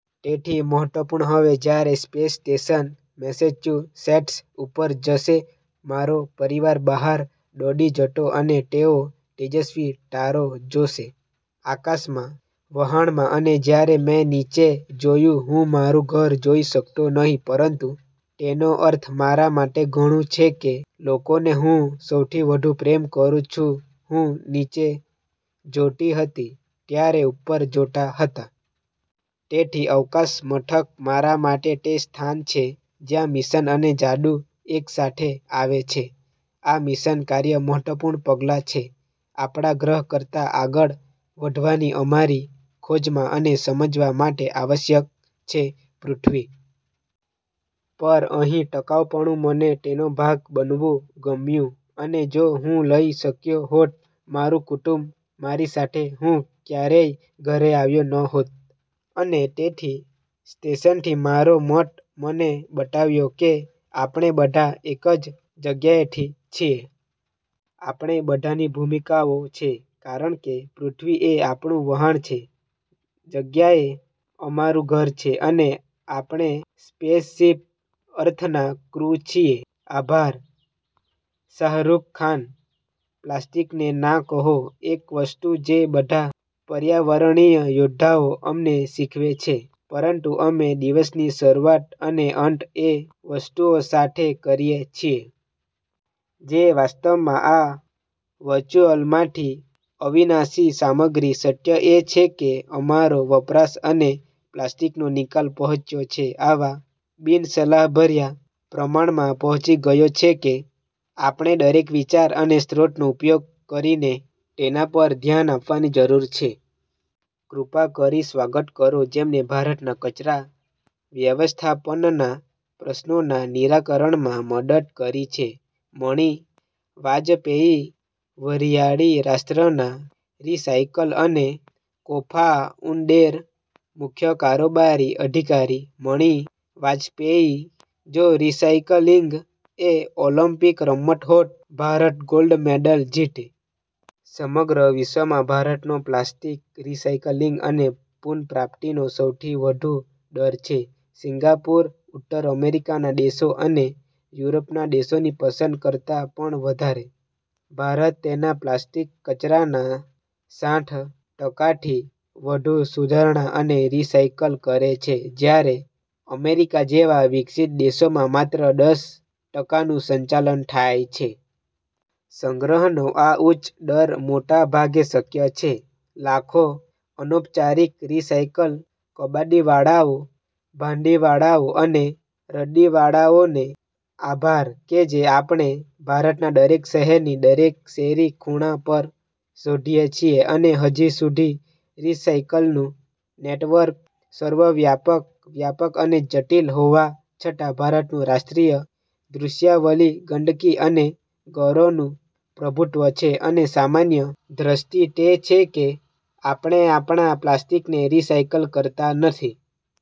તેથી મહત્વપૂર્ણ હવે જ્યારે સ્પેસ સ્ટેશન મેસેચ્યુસેટ્સ ઉપર જશે, મારો પરિવાર બહાર દોડી જતો અને તેઓ તેજસ્વી તારો જોશે આકાશમાં. વહાણમાં અને જ્યારે મેં નીચે જોયું, હું મારું ઘર જોઈ શક્યો નહીં, પરંતુ તેનો અર્થ મારા માટે ઘણું છે કે લોકોને હું સૌથી વધુ પ્રેમ કરું છું હું નીચે જોતી હતી ત્યારે ઉપર જોતા હતા. તેથી અવકાશ મથક, મારા માટે તે સ્થાન છે જ્યાં મિશન અને જાદુ એક સાથે આવે છે. આ મિશન, કાર્ય મહત્વપૂર્ણ પગલાં છે. આપણા ગ્રહ કરતા આગળ વધવાની અમારી ખોજમાં અને સમજવા માટે આવશ્યક છે .પૃથ્વી પર અહીં ટકાઉપણું મને તેનો ભાગ બનવું ગમ્યું અને જો હું લઈ શક્યો હોત મારું કુટુંબ મારી સાથે, હું ક્યારેય ઘરે આવ્યો ન હોત અને તેથી સ્ટેશનથી મારો મત મને બતાવ્યો કે આપણે બધા એક જ જગ્યાએથી છીએ. આપણે બધાની ભૂમિકાઓ છે.કારણ કે, પૃથ્વી એ આપણું વહાણ છે. જગ્યા એ અમારું ઘર છે અને આપણે સ્પેસશીપ અર્થના ક્રૂ છીએ. આભાર. શાહરૂખ ખાન: પ્લાસ્ટિકને ના કહો. એક વસ્તુ જે બધા પર્યાવરણીય યોદ્ધાઓ અમને શીખવે છે, પરંતુ અમે દિવસની શરૂઆત અને અંત એ વસ્તુઓ સાથે કરીએ છીએ. જે વાસ્તવમાં આ વર્ચ્યુઅલ માંથી અવિનાશી સામગ્રી. સત્ય એ છે કે અમારો વપરાશ અને પ્લાસ્ટિકનો નિકાલ પહોંચ્યો છે. આવા બિનસલાહભર્યા પ્રમાણમાં પહોંચી ગયો છે કે આપણે દરેક વિચાર અને સ્ત્રોતનો ઉપયોગ કરીને તેના પર ધ્યાન આપવાની જરૂર છે. કૃપા કરી સ્વાગત કરો જેમને ભારતના કચરા વ્ય- વસ્થાપનનાં પ્રશ્નોના નિરાકણમાં મદદ કરી છે. મણિ વાજપેયી, વરિયાળી રાષ્ટ્રના રિસાયકલ અને કોફાઉન્ડેર/ મુખ્ય કારોબારી અધિકારી. મણિ વાજપેયી: જો રિસાયકલિંગ એ ઓલિમ્પિક રમત હોત, ભારત ગોલ્ડ મેડલ જીતે. સમગ્ર વિશ્વમાં ભારતનો પ્લાસ્ટિક રિસાયકલિંગ અને પુન:પ્રાપ્તિ નો સૌથી વધુ દર છે. સિંગાપુર, ઉત્તર અમેરિકાના દેશો અને યુરોપના દેશોની પસંદ કરતા પણ વધારે. ભારત તેના પ્લાસ્ટિક કચરાના સાઠ ટકાથી વધુ સુધારણા અને રિસાયકલ કરે છે, જ્યારે અમેરિકા જેવા વિકસિત દેશોમાં માત્ર દસ ટકાનું સંચાલન થાય છે. સંગ્રહનો આ ઉચ્ચ દર મોટા ભાગે શક્ય છે. લાખો અનૌપચારિક રિસાયકલ, કબાડીવાળાઓ, ભાંડીવાળાઓ અને રદ્દીવાળાઓને આભાર કે જે આપણે ભારતના દરેક શહેરની દરેક શેરી ખૂણા પર શોધીએ છીએ અને હજી સુધી રિસાયકલનું નેટવર્ક સર્વવ્યાપક, વ્યાપક અને જટિલ હોવા છતાં, ભારતનું રાષ્ટ્રીય દૃશ્યાવલિ ગંદકી અને ગૌરવનું પ્રભુત્વ છે અને સામાન્ય દ્રષ્ટિ તે છે કે આપણે આપણા પ્લાસ્ટિકને રિસાયકલ કરતા નથી.